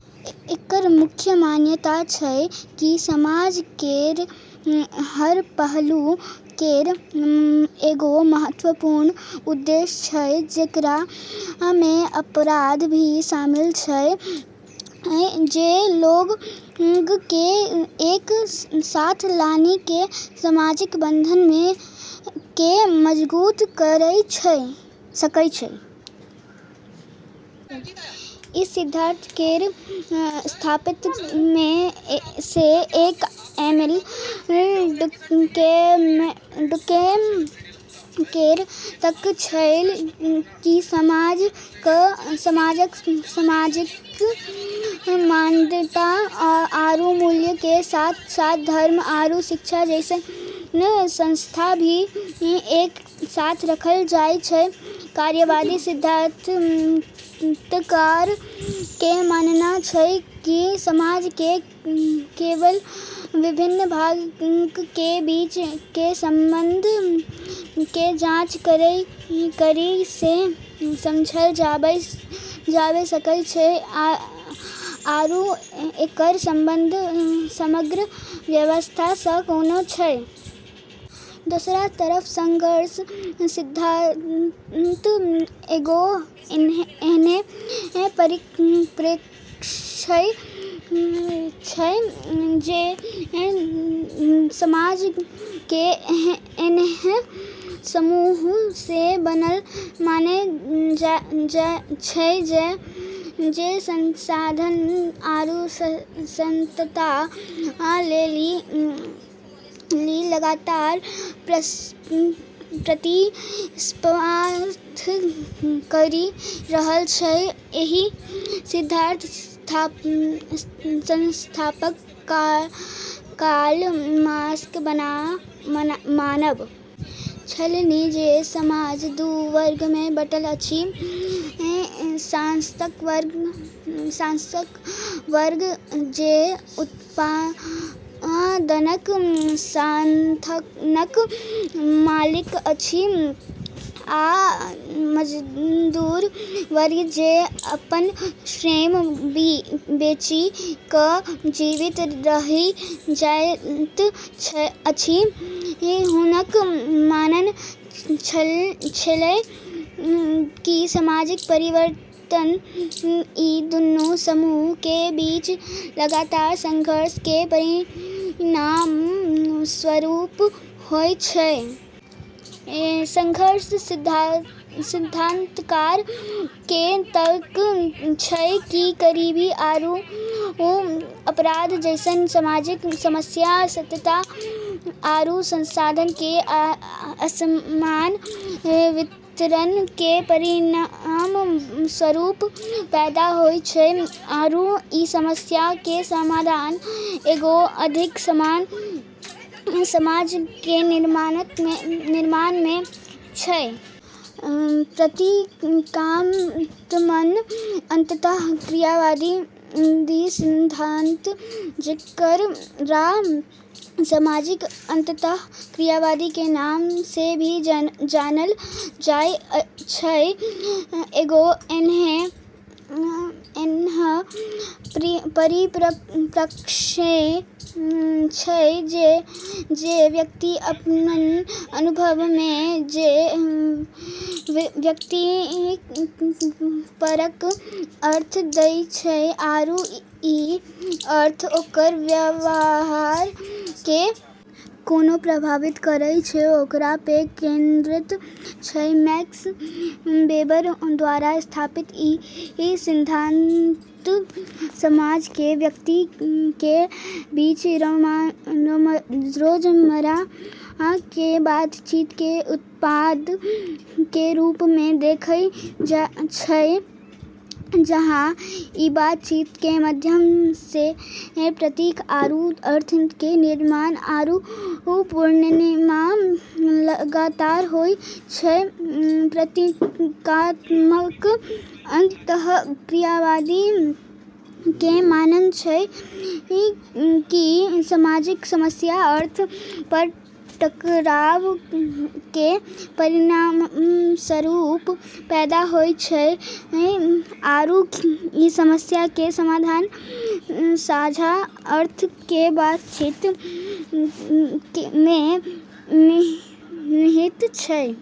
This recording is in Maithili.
एकरऽ मुख्य मान्यता छै कि समाज केरऽ हर पहलू केरऽ एगो महत्वपूर्ण उद्देश्य छै जेकरा मे अपराध भी शामिल छै जे लोगऽ के एक साथ लानी के सामाजिक बंधन के मजबूत करी सकै छै। ई सिद्धांत केरऽ संस्थापकऽ मे से एक एमिल डुर्केइम केरऽ तर्क छेलै कि समाज क॑ सामाजिक मानदंड आरू मूल्यऽ के साथ-साथ धर्म आरू शिक्षा जैसनऽ संस्था भी एक साथ रखलऽ जाय छै, कार्यवादी सिद्धांतकारऽ के मानना छै कि समाज के केवल विभिन्न भागऽ के बीच के संबंधऽ के जांच करी के समझलऽ जाबे सकै छै आरू एकरऽ संबंध समग्र व्यवस्था स॑ कोना छै। दोसरऽ तरफ संघर्ष सिद्धांत एगो ऐन्हऽ परिप्रेक्ष्य छै जे समाज के ऐन्हऽ समूहऽ से बनलऽ माने छै जे संसाधन आरू सत्ता लेली लगातार प्रतिस्पर्धा करी रहलऽ छै, एहि सिद्धांतक संस्थापक कार्ल मार्क्सक मानब छलनि जे समाज दू वर्ग मे बँटल अछि, शासक वर्ग जे उत्पादनक साधनक मालिक अछि आ मजदूर वर्ग जे अपन श्रम बेचि क जीवित रहि जाइत अछि हुनकऽ मानना छेलै कि सामाजिक परिवर्तन ई दूनू समूह के बीच लगातार संघर्ष के परिणामस्वरूप होय छै। संघर्ष सिद्धांतकारऽ के तर्क छै कि गरीबी आरू अपराध जैसनऽ सामाजिक समस्या सत्ता आरू संसाधनऽ के असमान वितरण के परिणामस्वरूप पैदा होय छै आरू ई समस्या के समाधान एगो अधिक समान समाज के निर्माण मे छै। प्रतीकात्मक अंतःक्रियावादी सिद्धांत जेकरा सामाजिक अंतःक्रियावाद के नाम से भी जानलऽ जाय छै, एगो ऐन्हऽ परिप्रेक्ष्य छै जे व्यक्ति अपनऽ अनुभव मे जे व्यक्तिपरक अर्थ दै छै‌ आरू ई अर्थ ओकरऽ व्यवहार के कोना प्रभावित करै छै ओकरा पे केंद्रित छै, मैक्स वेबर द्वारा स्थापित ई सिद्धांत समाज के व्यक्ति के बीच रोजमर्रा के बातचीत के उत्पाद के रूप मे देखै छै, जहाँ ई बातचीत के माध्यम से प्रतीक आरू अर्थ के निर्माण आरू पुनर्निर्माण लगातार होय छै, प्रतीकात्मक अंतःक्रियावादी के मानना छै कि सामाजिक समस्या अर्थऽ पर टकराव के परिणामस्वरूप पैदा होय छै आरू ई समस्या के समाधान साझा अर्थ के बातचीत में निहित छै।